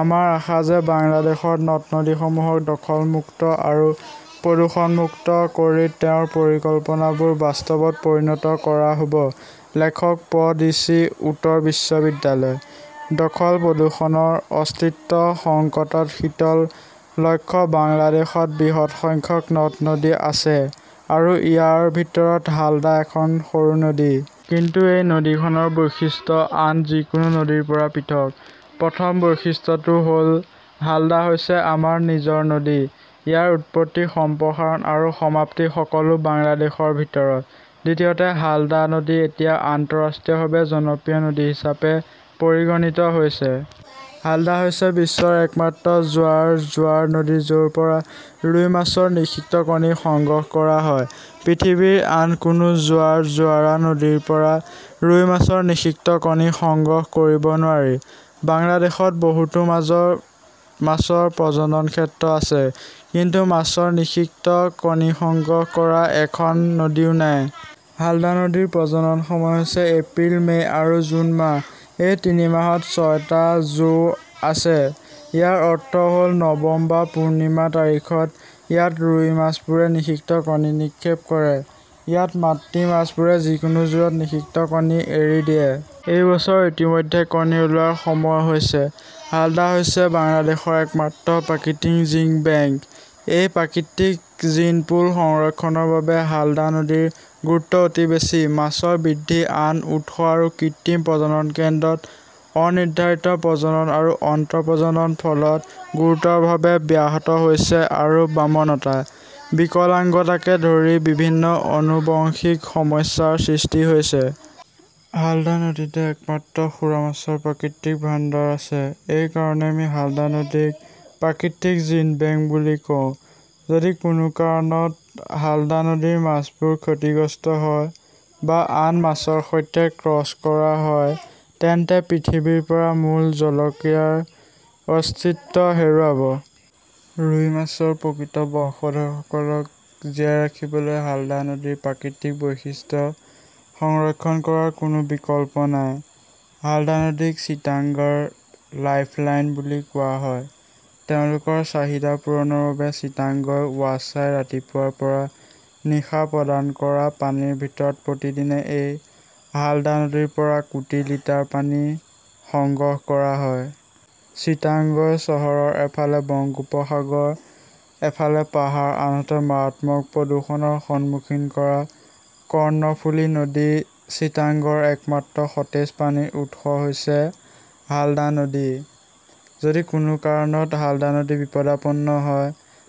আমাৰ আশা যে বাংলাদেশৰ নদ-নদীসমূহক দখল মুক্ত আৰু প্ৰদূষণমুক্ত কৰি তেওঁৰ পৰিকল্পনাবোৰ বাস্তৱত পৰিণত কৰা হ'ব - লেখক প্ৰ' ভিচি, উত্তৰ বিশ্ববিদ্যালয়। দখল-প্ৰদূষণৰ অস্তিত্ব সংকটত শীতল লক্ষ্য বাংলাদেশত বৃহৎ সংখ্যক নদ-নদী আছে। ইয়াৰ ভিতৰত হালদা এখন সৰু নদী। কিন্তু এই নদীখনৰ বৈশিষ্ট্য আন যিকোনো নদীৰ পৰা পৃথক। প্ৰথম বৈশিষ্ট্যটো হ'ল হালদা হৈছে আমাৰ নিজৰ নদী। ইয়াৰ উৎপত্তি, সম্প্ৰসাৰণ আৰু সমাপ্তি সকলো বাংলাদেশৰ ভিতৰত। দ্বিতীয়তে, হালদা নদী এতিয়া আন্তঃৰাষ্ট্ৰীয়ভাৱে জনপ্ৰিয় নদী হিচাপে পৰিগণিত হৈছে। হালদা হৈছে বিশ্বৰ একমাত্ৰ জোৱাৰ-জোৱাৰ নদী য'ৰ পৰা ৰুই মাছৰ নিষিক্ত কণী সংগ্ৰহ কৰা হয়। পৃথিৱীৰ আন কোনো জোৱাৰ-জোৱাৰা নদীৰ পৰা ৰুই মাছৰ নিষিক্ত কণী সংগ্ৰহ কৰিব নোৱাৰি। বাংলাদেশত বহুতো মাছৰ প্ৰজনন ক্ষেত্ৰ আছে, কিন্তু মাছৰ নিষিক্ত কণী সংগ্ৰহ কৰা এখন নদীও নাই। হালদা নদীৰ প্ৰজননৰ সময় হৈছে এপ্ৰিল, মে' আৰু জুন মাহ। এই তিনি মাহত ছয়টা "জো" আছে। ইয়াৰ অৰ্থ হ'ল, নৱম বা পূৰ্ণিমা তাৰিখত, ইয়াত ৰুই মাছবোৰে নিষিক্ত কণী নিক্ষেপ কৰে। ইয়াত মাতৃ মাছবোৰে যিকোনো জোৰত নিষিক্ত কণী এৰি দিয়ে। এই বছৰ ইতিমধ্যে কণী ওলোৱাৰ সময় হৈছে। হালদা হৈছে বাংলাদেশৰ একমাত্ৰ প্ৰাকৃতিক জিন বেংক। এই প্ৰাকৃতিক জিনপুল সংৰক্ষণৰ বাবে হালদা নদীৰ গুৰুত্ব অতি বেছি। মাছৰ বৃদ্ধি আন উৎস আৰু কৃত্ৰিম প্ৰজনন কেন্দ্ৰত অনিৰ্ধাৰিত প্ৰজনন আৰু অন্তঃপ্ৰজনন ফলত গুৰুতৰভাৱে ব্যাহত হৈছে আৰু বামনতা, বিকলাঙ্গতাকে ধৰি বিভিন্ন আনুবংশিক সমস্যাৰ সৃষ্টি হৈছে। হালদা নদীতে একমাত্ৰ সুৰা মাছৰ প্ৰাকৃতিক ভাণ্ডাৰ আছে। এই কাৰণেই আমি হালদা নদীক প্ৰাকৃতিক জিন বেংক বুলি কওঁ। যদি কোনো কাৰণত হালদা নদীৰ মাছবোৰ ক্ষতিগ্ৰস্ত হয় বা আন মাছৰ সৈতে ক্ৰছ কৰা হয়, তেন্তে পৃথিৱীৰ পৰা মূল জলকীয়াৰ অস্তিত্ব হেৰুৱাব। ৰুই মাছৰ প্ৰকৃত বংশধৰসকলক জীয়াই ৰাখিবলৈ হালদা নদীৰ প্ৰাকৃতিক বৈশিষ্ট্য সংৰক্ষণ কৰাৰ কোনো বিকল্প নাই। হালদা নদীক চিটাগংৰ "লাইফলাইন " বুলি কোৱা হয়। তেওঁলোকৰ চাহিদা পূৰণৰ বাবে চিটাগং ৱাছাই ৰাতিপুৱাৰ পৰা নিশা প্ৰদান কৰা পানীৰ ভিতৰত প্ৰতিদিনে এই হালদা নদীৰ পৰা কোটি লিটাৰ পানী সংগ্ৰহ কৰা হয়। চিটাগং চহৰৰ এফালে বংগোপসাগৰ, এফালে পাহাৰ, আনহাতে মাৰাত্মক প্ৰদূষণৰ সন্মুখীন কৰা কৰ্ণফুলী নদী। চিটাগংৰ একমাত্ৰ সতেজ পানীৰ উৎস হৈছে হালদা নদী। যদি কোনো কাৰণত হালদা নদী বিপদাপন্ন হয়,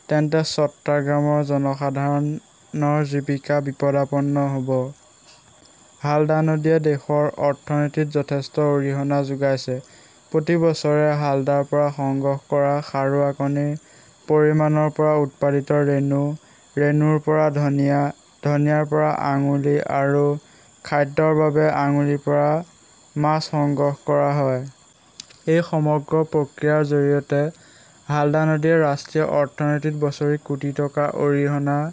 তেন্তে চট্টাগ্ৰামৰ জনসাধাৰণৰ জীৱিকা বিপদাপন্ন হ'ব। হালদা নদীয়ে দেশৰ অৰ্থনীতিত যথেষ্ট অৰিহণা যোগাইছে। প্ৰতি বছৰে হালদাৰ পৰা সংগ্ৰহ কৰা সাৰুৱা কণীৰ পৰিমাণৰ পৰা উৎপাদিত ৰেনু, ৰেনুৰ পৰা ধনিয়া, ধনিয়াৰ পৰা আঙুলি আৰু খাদ্যৰ বাবে আঙুলিৰ পৰা মাছ সংগ্ৰহ কৰা হয়। এই সমগ্ৰ প্ৰক্ৰিয়াৰ জৰিয়তে হালদা নদীয়ে ৰাষ্ট্ৰীয় অৰ্থনীতিত বছৰি কোটি টকা অৰিহণা